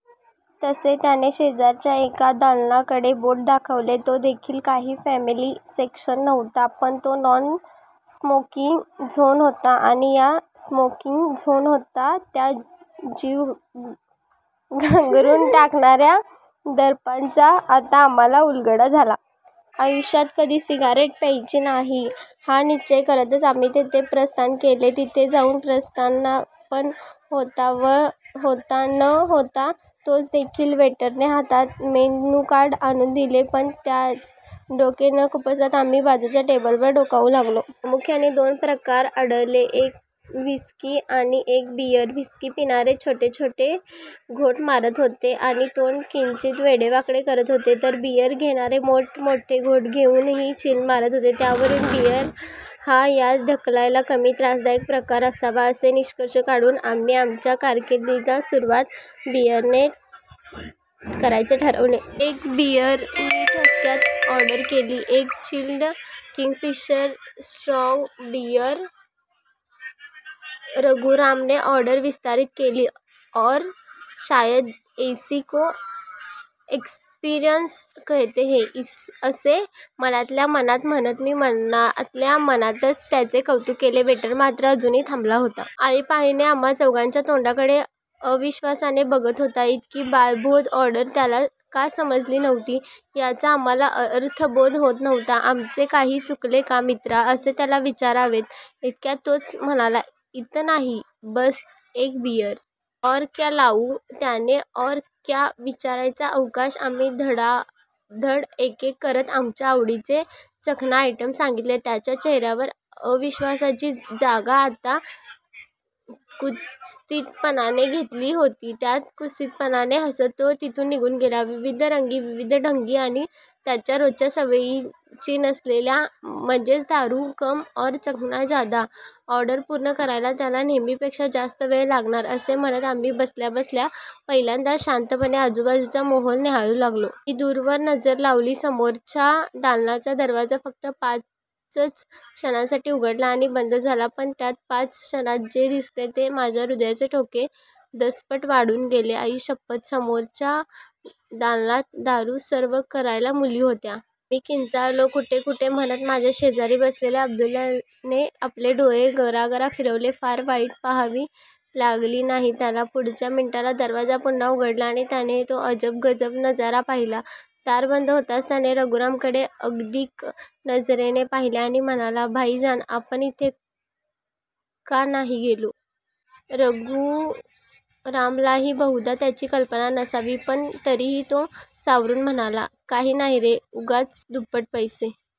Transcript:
तसे त्याने शेजारच्या एका दालनाकडे बोट दाखवले. तो देखील काही फॅमिली सेक्शन नव्हता. पण तो नॉन स्मोकिंग झोन होता आणि हा स्मोकिंग झोन होता. त्या जीव गांगरून टाकणार्या दर्पाचा आता आम्हाला उलगडा झाला. आयुष्यात कधी सिगारेट प्यायची नाही हा निश्चय करतच आम्ही तिथे प्रस्थान केले. तिथे जाऊन स्थानापन्न होतो न होतो तोच तेथील वेटरने हातात मेनूकार्ड आणून दिले. पण त्यात डोके न खुपसता आम्ही आजूबाजुच्या टेबलवर डोकावू लागलो. प्रामुख्याने दोन प्रकार आढळले. एक व्हिस्की आणि एक बीअर. व्हिस्की पिणारे छोटे छोटे घोट मारत होते आणि तोंड किंचित वेडेवाकडे करत होते. तर बीअर घेणारे मोठमोठे घोट घेऊनही चिल्ल मारत होते. त्यावरून बीअर हा आत ढकलायला कमी त्रासदायक प्रकार असावा असा निष्कर्श काढून आम्ही आमच्या कारकिर्दीची सुरुवात बीअरने करायचे ठरवले. एक बीअर! मी ठसक्यात ऑर्डर केली. एक चिल्लड् किंगफिशर स्ट्रॉंग बीअर! रघुरामने ऑर्डर विस्तारीत केली. और शायद ईसी को एक्सपिरंन्स कहते है, असे मनातल्या मनात म्हणत मी मनातल्या मनातच त्याचे कौतुक केले. वेटर मात्र अजूनही थांबला होता. आळीपाळीने आम्हा चौघांच्या तोंडाकडे अविश्वासाने बघत होता. ईतकी बाळबोध ऑर्डर त्याला का समजत नव्हती याचा आम्हाला अर्थबोध होत नव्हता. आमचे काही चुकले का मित्रा, असे त्याला विचारावे ईतक्यात तोच म्हणाला, ईतनाही?? बस्स एक बीअर.. और क्या लाऊ? त्याने और क्या विचारायचा अवकाश, आम्ही धडाधड एकेक करत आमच्या आवडीचे चखना आयटम सांगितले.. त्याच्या चेहर्यावरच्या अविश्वासाची जागा आता कुत्सितपणाने घेतली होती. त्याच कुत्सितपणाने हसत तो तिथून निघून गेला. विविधरंगी, विविधढंगी, आणि त्याच्या रोजच्या सवयीची नसलेली, म्हणजेच 'दारू कम और चखना ज्यादा' ऑर्डर पुर्ण करायला त्याला नेहमीपेक्षा जास्त वेळ लागणार असे म्हणत आम्ही बसल्याबसल्या, पहिल्यांदाच शांतपणे आजूबाजुचा माहौल न्याहाळू लागलो. मी दूरवर नजर लावली. समोरच्या दालनाचा दरवाजा फक्त पाचच क्षणांसाठी उघडला. आणि बंद झाला. पण त्या पाच क्षणांत जे दिसले ते माझ्या हृदयाचे ठोके दसपट वाढवून गेले. आईशप्पथ! समोरच्या दालनात दारू सर्व्ह करायला मुली आहेत.. मी किंचाळलोच. कुठे कुठे, म्हणत माझ्या शेजारी बसलेल्या अब्दुल्लाने आपले डोळे गरागरा फिरवले. फार वाट पहावी लागली नाही त्याला. पुढच्याच मिनिटाला दरवाजा पुन्हा उघडला आणि त्यानेही तो अजब गजब नजारा पाहिला. दार बंद होताच त्याने रघुरामकडे अगतिक नजरेने पाहिले आणि म्हणाला, "भाईजान, आपण तिथे का नाही गेलो? "रघुरामलाही बहुधा याची कल्पना नसावी. पण तरीही तो सावरून म्हणाला, "काही नाही रे, उगाचच दुप्पट पैसे